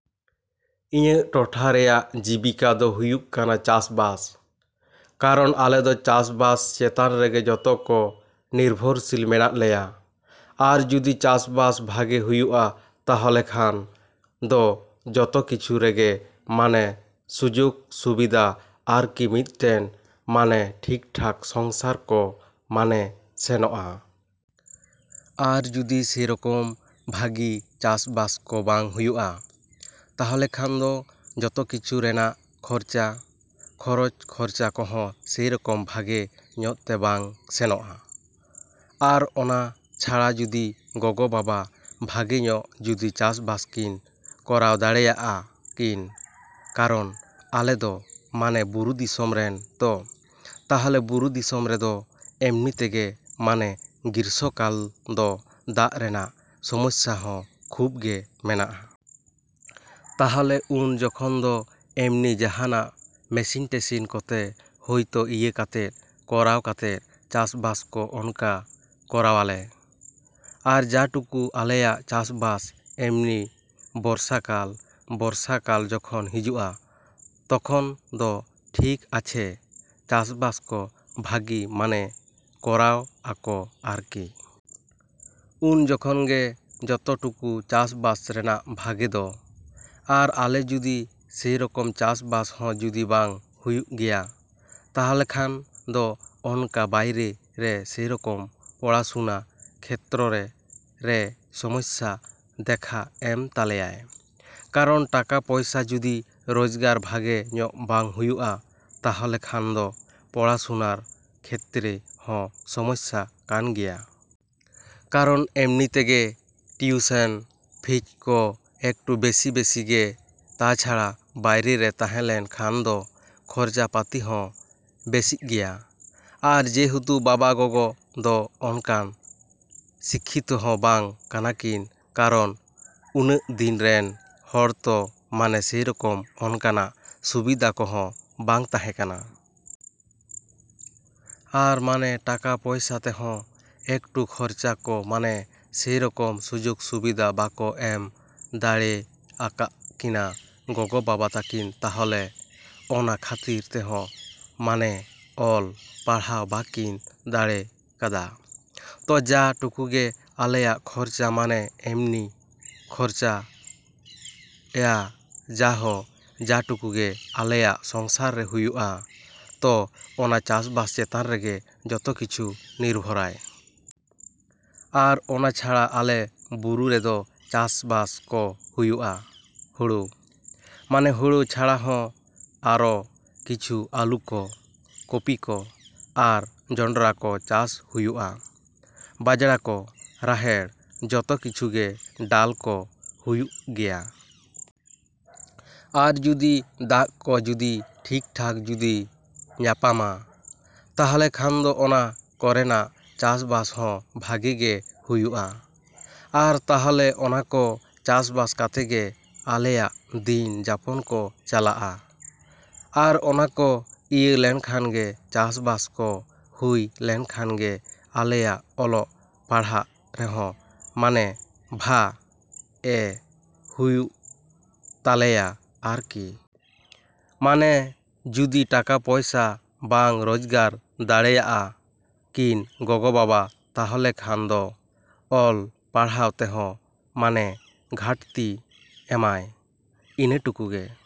ᱤᱧᱟᱹᱜ ᱴᱚᱴᱷᱟ ᱨᱮᱭᱟᱜ ᱡᱤᱵᱤᱠᱟ ᱫᱚ ᱦᱩᱭᱩᱜ ᱠᱟᱱᱟ ᱪᱟᱥᱼᱵᱟᱥ᱾ ᱠᱟᱨᱚᱱ ᱟᱞᱮ ᱫᱚ ᱪᱟᱥᱼᱵᱟᱥ ᱪᱮᱛᱟᱱ ᱨᱮᱜᱮ ᱡᱚᱛᱚ ᱠᱚ ᱱᱤᱨᱵᱷᱚᱨᱥᱤᱞ ᱢᱮᱱᱟᱜ ᱞᱮᱭᱟ᱾ ᱟᱨ ᱡᱩᱫᱤ ᱪᱟᱥᱼᱵᱟᱥ ᱵᱷᱟᱜᱮ ᱦᱩᱭᱩᱜᱼᱟ ᱛᱟᱦᱚᱞᱮ ᱠᱷᱟᱱ, ᱫᱚ ᱡᱚᱛᱚ ᱠᱤᱪᱷᱩ ᱨᱮᱜᱮ ᱢᱟᱱᱮ ᱥᱩᱡᱳᱜᱽ ᱥᱩᱵᱤᱫᱟ ᱟᱨᱠᱤ ᱢᱮᱱᱴᱮᱱ ᱢᱟᱱᱮ ᱴᱷᱤᱠᱼᱴᱷᱟᱠ ᱥᱚᱝᱥᱟᱨ ᱠᱚ ᱢᱟᱱᱮ ᱥᱮᱱᱚᱜᱼᱟ᱾ ᱟᱨ ᱡᱩᱫᱤ ᱥᱮᱨᱚᱠᱚᱢ ᱵᱷᱟᱜᱤ ᱪᱟᱥᱼᱵᱟᱥ ᱠᱚ ᱵᱟᱝ ᱦᱩᱭᱩᱜᱼᱟ, ᱛᱟᱦᱚᱞᱮᱠᱷᱟᱱ ᱫᱚ ᱡᱚᱛᱚ ᱠᱤᱪᱷᱩ ᱨᱮᱱᱟᱜ ᱠᱷᱚᱨᱪᱟ, ᱠᱷᱚᱨᱚᱪ ᱠᱷᱚᱨᱪᱟ ᱠᱚᱦᱚᱸ ᱥᱮᱨᱚᱠᱚᱢ ᱵᱷᱟᱜᱮ ᱧᱚᱜ ᱛᱮ ᱵᱟᱝ ᱥᱮᱱᱚᱜᱼᱟ᱾ ᱟᱨ ᱚᱱᱟ ᱪᱷᱟᱲᱟ ᱡᱩᱫᱤ ᱜᱚᱜᱚᱼᱵᱟᱵᱟ ᱵᱷᱟᱜᱮ ᱧᱚᱜ ᱡᱩᱫᱤ ᱪᱟᱥᱼᱵᱟᱥ ᱠᱤᱱ ᱠᱚᱨᱟᱣ ᱫᱟᱲᱮᱭᱟᱜᱼᱟ ᱠᱤᱱ, ᱠᱟᱨᱚᱱ ᱟᱞᱮ ᱫᱚ ᱢᱟᱱᱮ ᱵᱩᱨᱩ ᱫᱤᱥᱚᱢ ᱨᱮᱱ ᱛᱚ, ᱛᱟᱦᱚᱞᱮ ᱵᱩᱨᱩ ᱫᱤᱥᱚᱢ ᱨᱮᱫᱚ ᱮᱢᱱᱤ ᱛᱮᱜᱮ ᱢᱟᱱᱮ ᱜᱨᱤᱥᱥᱚ ᱠᱟᱞ ᱫᱚ ᱫᱟᱜ ᱨᱮᱱᱟᱜ ᱥᱚᱢᱟᱥᱥᱟ ᱦᱚᱸ ᱠᱷᱩᱵᱽ ᱜᱮ ᱢᱮᱱᱟᱜᱼᱟ᱾ ᱛᱟᱦᱚᱞᱮ ᱩᱱ ᱡᱚᱠᱷᱚᱱ ᱫᱚ ᱮᱢᱱᱤ ᱡᱟᱦᱟᱱᱟᱜ ᱢᱮᱥᱤᱱ ᱴᱮᱥᱤᱱ ᱠᱚᱛᱮ ᱦᱳᱭᱛᱳ ᱤᱭᱟᱹ ᱠᱟᱛᱮ ᱠᱚᱨᱟᱣ ᱠᱟᱛᱮ ᱪᱟᱥᱼᱵᱟᱥ ᱠᱚ ᱚᱱᱠᱟ ᱠᱚᱨᱟᱣᱟᱞᱮ᱾ ᱟᱨ ᱡᱟ ᱴᱩᱠᱩ ᱟᱞᱮᱭᱟᱜ ᱪᱟᱥᱼᱵᱟᱥ ᱮᱢᱱᱤ ᱵᱚᱨᱥᱟ ᱠᱟᱞ, ᱵᱚᱨᱥᱟ ᱠᱟᱞ ᱡᱚᱠᱷᱚᱱ ᱦᱤᱡᱩᱜᱼᱟ, ᱛᱠᱷᱚᱱ ᱫᱚ ᱴᱷᱤᱠ ᱟᱪᱷᱮ ᱪᱟᱥᱵᱟᱥ ᱠᱚ ᱵᱷᱟᱜᱤ ᱢᱟᱱᱮ ᱠᱚᱨᱟᱣᱟᱠᱚ ᱟᱨᱠᱤ᱾ ᱩᱱ ᱡᱚᱠᱷᱚᱱ ᱜᱮ ᱡᱚᱛᱚ ᱴᱩᱠᱩ ᱪᱟᱥᱼᱵᱟᱥ ᱨᱮᱱᱟᱜ ᱵᱷᱟᱜᱮ ᱫᱚ᱾ ᱟᱨ ᱟᱞᱮ ᱡᱩᱫᱤ ᱥᱮᱨᱚᱠᱚᱢ ᱪᱟᱥᱼᱵᱟᱥ ᱦᱚᱸ ᱡᱩᱫᱤ ᱵᱟᱝ ᱦᱩᱭᱩᱜ ᱜᱮᱭᱟ, ᱛᱟᱦᱚᱞᱮᱠᱷᱟᱱ ᱫᱚ ᱚᱱᱠᱟ ᱵᱟᱭᱨᱮ ᱨᱮ ᱥᱮᱨᱚᱠᱚᱢ ᱯᱚᱲᱟᱥᱩᱱᱟ ᱠᱷᱮᱛᱛᱨᱮ ᱨᱮ ᱥᱚᱢᱚᱥᱥᱟ ᱫᱮᱠᱷᱟ ᱮᱢ ᱛᱟᱞᱮᱭᱟᱭ᱾ ᱠᱟᱨᱚᱱ ᱴᱟᱠᱟ, ᱯᱚᱭᱥᱟ ᱡᱩᱫᱤ ᱨᱳᱡᱜᱟᱨ ᱵᱷᱟᱜᱮ ᱧᱚᱜ ᱵᱟᱝ ᱦᱩᱭᱩᱜᱼᱟ ᱛᱟᱦᱚᱞᱮ ᱠᱷᱟᱱ ᱫᱚ ᱯᱚᱲᱟᱥᱩᱱᱟᱨ ᱠᱷᱮᱛᱨᱮ ᱦᱚᱸ ᱥᱚᱢᱚᱥᱥᱟ ᱠᱟᱱ ᱜᱮᱭᱟ᱾ ᱠᱟᱨᱚᱱ ᱮᱢᱱᱤ ᱛᱮᱜᱮ ᱴᱤᱭᱩᱥᱮᱱ ᱯᱷᱤᱡᱽ ᱠᱚ ᱮᱠᱴᱩ ᱵᱮᱥᱤ ᱵᱮᱥᱤ ᱜᱮ ᱛᱟᱪᱷᱟᱲᱟ ᱵᱟᱭᱨᱮ ᱨᱮ ᱛᱟᱦᱮᱞᱮᱱ ᱠᱷᱟᱱ ᱫᱚ ᱠᱷᱚᱨᱪᱟ ᱯᱟᱛᱤ ᱦᱚᱸ ᱵᱮᱥᱤᱜ ᱜᱮᱭᱟ᱾ ᱟᱨ ᱡᱮᱦᱮᱛᱩ ᱵᱟᱵᱟᱼᱜᱚᱜᱚ ᱫᱚ ᱚᱱᱠᱟᱱ ᱥᱤᱠᱠᱷᱤᱛᱚ ᱦᱚᱸ ᱵᱟᱝ ᱠᱟᱱᱟ ᱠᱤᱱ ᱠᱟᱨᱚᱱ ᱩᱱᱟᱹᱜ ᱫᱤᱱ ᱨᱮᱱ ᱦᱚᱲ ᱛᱚ ᱢᱟᱱᱮ ᱥᱮᱨᱚᱠᱚᱢ ᱚᱱᱠᱟᱱᱟᱜ ᱥᱩᱵᱤᱫᱟ ᱠᱚᱦᱚᱸ ᱵᱟᱝ ᱛᱟᱦᱮᱠᱟᱱᱟ᱾ ᱟᱨ ᱢᱟᱱᱮ ᱴᱟᱠᱟ ᱯᱚᱭᱥᱟ ᱛᱮᱦᱚᱸ ᱮᱠᱴᱩ ᱠᱷᱚᱨᱪᱟ ᱠᱚ ᱢᱟᱱᱮ ᱥᱮᱨᱚᱠᱚᱢ ᱥᱩᱡᱳᱜᱽ ᱥᱩᱵᱤᱫᱟ ᱵᱟᱠᱚ ᱮᱢ ᱫᱟᱲᱮᱭᱟᱠᱟᱜ ᱠᱤᱱᱟᱹ ᱜᱚᱜᱚᱼᱵᱟᱵᱟ ᱛᱟᱹᱠᱤᱱ ᱛᱟᱦᱚᱞᱮ ᱚᱱᱟ ᱠᱷᱟᱹᱛᱤᱨ ᱛᱮᱦᱚᱸ ᱢᱟᱱᱮ ᱚᱞ, ᱯᱟᱲᱦᱟᱣ ᱵᱟᱠᱤᱱ ᱫᱟᱲᱮᱭ ᱠᱟᱫᱟ᱾ ᱛᱚ, ᱡᱟ ᱴᱩᱠᱩᱜᱮ ᱟᱞᱮᱭᱟᱜ ᱠᱷᱚᱨᱪᱟ ᱢᱟᱱᱮ ᱮᱢᱱᱤ ᱠᱷᱚᱨᱪᱟᱭᱟ ᱡᱟᱦᱚᱸ, ᱡᱟ ᱴᱩᱠᱩ ᱜᱮ ᱟᱞᱮᱭᱟᱜ ᱥᱚᱝᱥᱟᱨ ᱨᱮ ᱦᱩᱭᱩᱜᱼᱟ, ᱛᱚ ᱚᱱᱟ ᱪᱟᱥᱵᱟᱥ ᱪᱮᱛᱟᱱ ᱨᱮᱜᱮ ᱡᱚᱛᱚ ᱠᱤᱪᱷᱩ ᱱᱤᱨᱵᱷᱚᱨᱟᱭ᱾ ᱟᱨ ᱚᱱᱟ ᱪᱷᱟᱲᱟ ᱟᱞᱮ ᱵᱩᱨᱩ ᱨᱮᱫᱚ ᱪᱟᱥᱼᱵᱟᱥ ᱠᱚ ᱦᱩᱭᱩᱜᱼᱟ ᱦᱳᱲᱳ, ᱢᱟᱱᱮ ᱦᱳᱲᱳ ᱪᱷᱟᱲᱟ ᱦᱚᱸ ᱟᱨᱚ ᱠᱤᱪᱷᱩ ᱟᱹᱞᱩ ᱠᱚ, ᱠᱚᱯᱤ ᱠᱚ, ᱟᱨ ᱡᱚᱱᱰᱨᱟ ᱠᱚ ᱪᱟᱥ ᱦᱩᱭᱩᱜᱼᱟ, ᱵᱟᱡᱽᱲᱟ ᱠᱚ, ᱨᱟᱦᱮᱲ, ᱡᱚᱛᱚ ᱠᱤᱪᱷᱩ ᱜᱮ ᱰᱟᱞ ᱠᱚ ᱦᱩᱭᱩᱜ ᱜᱮᱭᱟ᱾ ᱟᱨ ᱡᱩᱫᱤ ᱫᱟᱜ ᱠᱚ ᱡᱩᱫᱤ ᱴᱷᱤᱠᱼᱴᱷᱟᱠ ᱡᱩᱫᱤ ᱧᱟᱯᱟᱢᱟ, ᱛᱟᱦᱚᱞᱮ ᱠᱷᱟᱱ ᱫᱚ ᱚᱱᱟ ᱠᱚᱨᱮᱱᱟᱜ ᱪᱟᱥᱼᱵᱟᱥ ᱦᱚᱸ ᱵᱷᱟᱜᱮ ᱜᱮ ᱦᱩᱭᱩᱜᱼᱟ᱾ ᱟᱨ ᱛᱟᱦᱚᱞᱮ ᱚᱱᱟ ᱠᱚ ᱪᱟᱥᱵᱟᱥ ᱠᱟᱛᱮ ᱜᱮ ᱟᱞᱮᱭᱟᱜ ᱫᱤᱱ ᱡᱟᱯᱚᱱ ᱠᱚ ᱪᱟᱞᱟᱜᱼᱟ᱾ ᱟᱨ ᱚᱱᱟ ᱠᱚ ᱤᱭᱟᱹ ᱞᱮᱱᱠᱷᱟᱱ ᱜᱮ, ᱪᱟᱥᱼᱵᱟᱥ ᱠᱚ ᱦᱩᱭ ᱞᱮᱱᱠᱷᱟᱱ ᱜᱮ ᱟᱞᱮᱭᱟᱜ ᱚᱞᱚᱜ ᱯᱟᱲᱦᱟᱜ ᱨᱮᱦᱚᱸ ᱢᱟᱱᱮ ᱵᱷᱟᱮ ᱦᱩᱭᱩᱜ ᱛᱟᱞᱮᱭᱟ ᱟᱨᱠᱤ᱾ ᱢᱟᱱᱮ ᱡᱩᱫᱤ ᱴᱟᱠᱟ, ᱯᱚᱭᱥᱟ ᱵᱟᱝ ᱨᱳᱡᱽᱜᱟᱨ ᱫᱟᱲᱮᱭᱟᱜᱼᱟ ᱠᱤᱱ ᱜᱚᱜᱚᱼᱵᱟᱵᱟ ᱛᱟᱦᱚᱞᱮ ᱠᱷᱟᱱ ᱫᱚ ᱚᱞ ᱯᱟᱲᱦᱟᱣ ᱛᱮᱦᱚᱸ ᱢᱟᱱᱮ ᱜᱷᱟᱹᱴᱛᱤ ᱮᱢᱟᱭ᱾ ᱤᱱᱟᱹ ᱴᱩᱠᱩ ᱜᱮ᱾